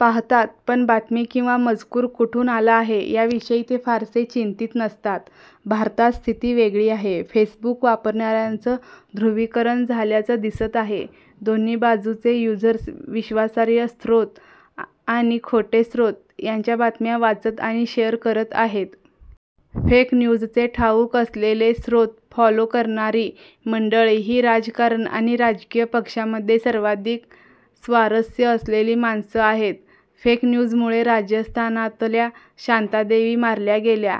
पाहतात. पण बातमी किंवा मजकूर कुठून आला आहे याविषयी ते फारसे चिंतित नसतात. भारतात स्थिती वेगळी आहे. फेसबुक वापणाऱ्यांचं ध्रुवीकरण झाल्याचं दिसत आहे. दोन्ही बाजूचे युझर्स विश्वासार्ह स्रोत आणि खोटे स्रोत यांच्या बातम्या वाचत आणि शेअर करत आहेत. फेक न्यूजचे ठाऊक असलेले स्रोत फॉलो करणारी मंडळी ही राजकारण आणि राजकीय पक्षांमध्ये सर्वाधिक स्वारस्य असलेली माणसं आहेत. फेकन्यूजमुळे राजस्थानातल्या शांतादेवी मारल्या गेल्या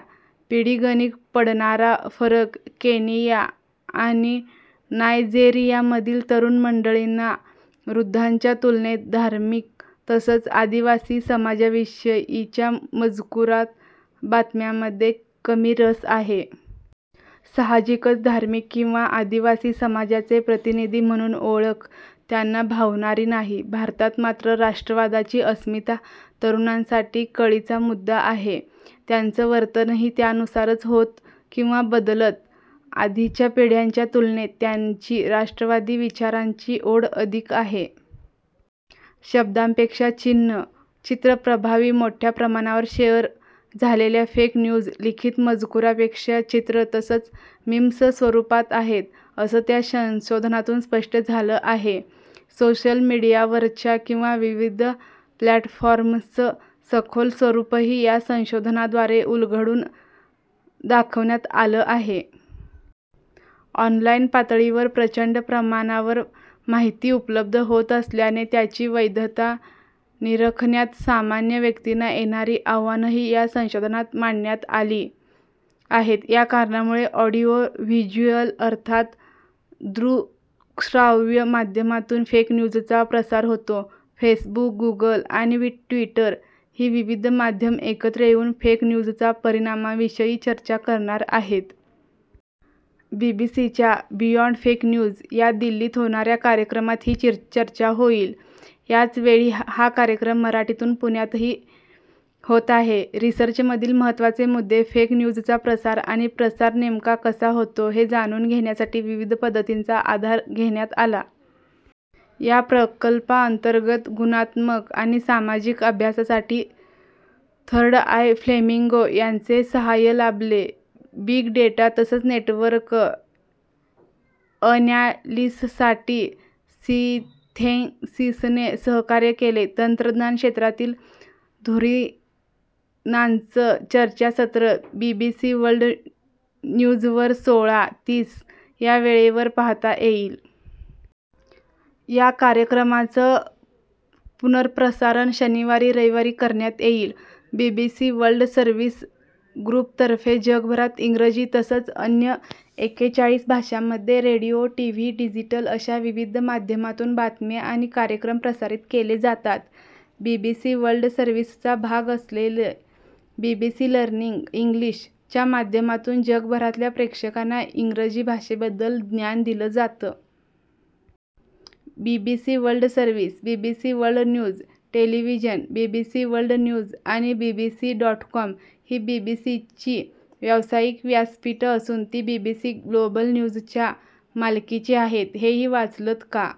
पिढीगणिक पडणारा फरक केनिया आणि नायजेरियामधील तरुण मंडळींना, वृद्धांच्या तुलनेत धार्मिक तसंच आदिवासी समाजाविषयीच्या मजकुरात, बातम्यांमध्ये कमी रस आहे. साहजिकच धार्मिक किंवा आदिवासी समाजाचे प्रतिनिधी म्हणून ओळख त्यांना भावणारी नाही. भारतात मात्र राष्ट्रवादाची अस्मिता तरुणांसाठी कळीचा मुद्दा आहे. त्यांचं वर्तनही त्यानुसारच होतं किंवा बदलतं. आधीच्या पिढ्यांच्या तुलनेत त्यांची राष्ट्रवादी विचारांची ओढ अधिक आहे. शब्दांपेक्षा चिन्हं, चित्रं प्रभावी मोठ्या प्रमाणावर शेअर झालेल्या फेक न्यूज, लिखित मजकुरापेक्षा चित्र तसंच मीम्स स्वरूपात आहेत असं या संशोधनातून स्पष्ट झालं आहे. सोशल मीडियावरच्या विविध प्लॅटफॉर्म्सचं सखोल स्वरूपही या संशोधनाद्वारे उलगडून दाखवण्यात आलं आहे. ऑनलाईन पातळीवर प्रचंड प्रमाणावर माहिती उपलब्ध होत असल्याने त्याची वैधता निरखण्यात सामान्य व्यक्तींना येणारी आव्हानंही या संशोधनात मांडण्यात आली आहेत. या कारणांमुळे ऑडिओ व्हिज्युअल अर्थात दृक्श्राव्य माध्यमांतून फेक न्यूजचा प्रसार होतो. फेसबुक, गुगल आणि ट्विटर ही विविध माध्यमं एकत्र येऊन फेक न्यूजच्या परिणामांविषयी चर्चा करणार आहेत. बीबीसीच्या 'बियाँड फेक न्यूज' या दिल्लीत होणाऱ्या कार्यक्रमात ही चर्चा होईल. याच वेळी हा कार्यक्रम मराठीतून पुण्यातही होत आहे. रिसर्चमधील महत्त्वाचे मुद्दे फेक न्यूजचा प्रसार आणि प्रचार नेमका कसा होतो हे जाणून घेण्यासाठी विविध पद्धतींचा आधार घेण्यात आला. या प्रकल्पाअंतर्गत गुणात्मक आणि सामाजिक अभ्यासासाठी थर्ड आय, फ्लेमिंगो यांचे साहाय्य लाभले. बिग डेटा तसंच नेटवर्क अनॅलिसिससाठी सिथेंसिसने सहकार्य केले. तंत्रज्ञान क्षेत्रातील धुरिणांचं चर्चासत्र बीबीसी वर्ल्ड न्यूजवर सोळा .तीस या वेळेवर पाहता येईल. या कार्यक्रमाचं पुनर्प्रसारण शनिवार-रविवारी करण्यात येईल. बीबीसी वर्ल्ड सर्व्हिस ग्रुपतर्फे जगभरात इंग्रजी तसंच अन्य एकेचाळीस भाषांमध्ये रेडिओ, टीव्ही, डिजिटल अशा विविध माध्यमांतून बातम्या आणि कार्यक्रम प्रसारित केले जातात. बीबीसी वर्ल्ड सर्व्हिसचा भाग असलेलं बीबीसी लर्निंग इंग्लिश'च्या माध्यमातून जगभरातल्या प्रेक्षकांना इंग्रजी भाषेबद्दल ज्ञान दिलं जातं. BBC World Service, BBC World News television BBC World News आणि बीबीसी डॉट कॉम ही बीबीसीची व्यावसायिक व्यासपीठं असून ती बीबीसी ग्लोबल न्यूजच्या मालकीची आहेत. हेही वाचलंत का?